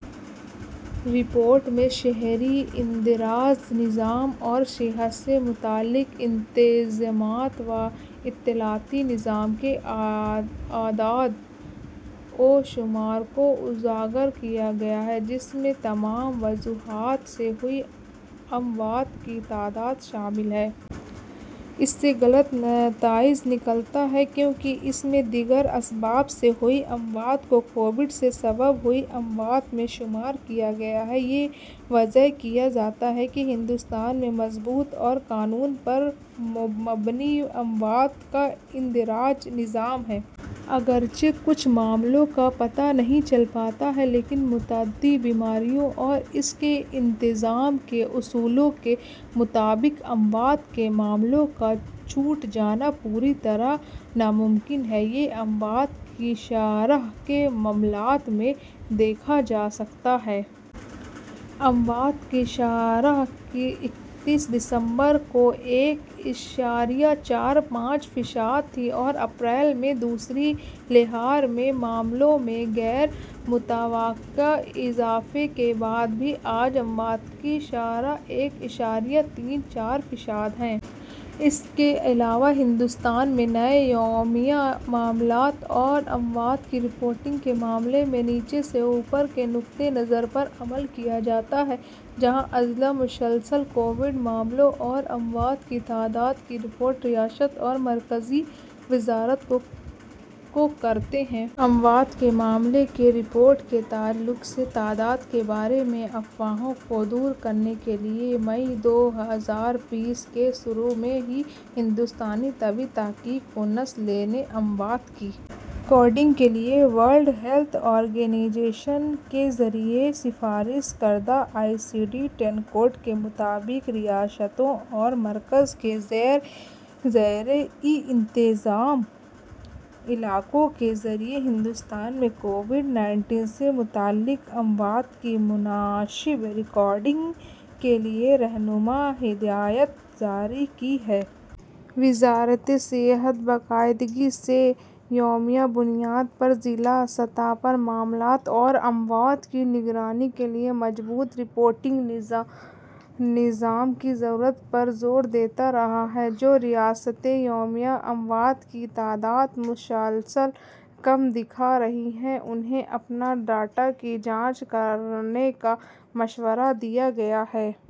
Report میں شہری اندراج نظام اور صحت سے متعلق انتظامات و اطلاعاتی نظام کے اعداد و شمار کو اجاگر کیا گیا ہے جس میں تمام وجوہات سے ہوئی اموات کی تعداد شامل ہے۔ اس سے غلط نتائج نکلتے ہیں کیونکہ اس میں دیگر اسباب سے ہوئی اموات کو کووڈ کے سبب ہوئی اموات میں شمار کیا گیا ہے۔ یہ واضح کیا جاتا ہے کہ ہندوستان میں مضبوط اور قانون پر مبنی اموات کا اندراج نظام ہے۔ اگرچہ کچھ معاملوں کا پتہ نہیں چل پاتا ہے لیکن متعدی بیماریوں اور اس کے انتظام کے اصولوں کے مطابق اموات کے معاملوں کا چھوٹ جانا پوری طرح ناممکن ہے۔ یہ اموات کی شرح کے معاملات میں دیکھا جا سکتا ہے۔ اموات کی شرح اکتیس دسمبر کو ایک اشاریہ چار پانچ فیصد تھی اور اپریل مئی میں دوسری لہر میں معاملوں میں غیر متوقع اضافے کے بعد بھی آج اموات کی شرح ایک اشاریہ تین چار فیصد ہے۔ اس کے علاوہ ہندوستان میں نئے یومیہ معاملات اور اموات کی رپورٹنگ کے معاملے میں نیچے سے اوپر کے نقطہ نظر پر عمل کیا جاتا ہے جہاں اضلاع مسلسل کووڈ معاملوں اور اموات کی تعداد کی رپورٹ ریاست اور مرکزی وزارت کو کرتے ہیں۔ اموات کے معاملے کی رپورٹ کے تعلق سے تعداد کے بارے میں افواہوں کو دور کرنے کے لیے مئی دو ہزار بیس کے شروع میں ہی ہندوستانی طبی تحقیق کونسل نے اموات کی کوڈنگ کے لیے ورلڈ ہیلتھ آرگنائزیشن کے ذریعہ سفارش کردہ آئی سی ڈی دس کوڈ کے مطابق ریاستوں اور مرکز کے زیر انتظام علاقوں کے ذریعہ ہندوستان میں کووڈ انیس سے متعلق اموات کی مناسب ریکارڈنگ کے لیے رہنما ہدایات جاری کی ہیں۔ وزارت صحت باقاعدگی سے یومیہ بنیاد پر ضلع سطح پر معاملات اور اموات کی نگرانی کے لیے مضبوط رپورٹنگ نظام کی ضرورت پر زور دیتا رہا ہے۔ جو ریاستیں یومیہ اموات کی تعداد مسلسل کم دکھا رہی ہیں انہیں اپنے ڈاٹا کی جانچ کرانے کا مشورہ دیا گیا ہے۔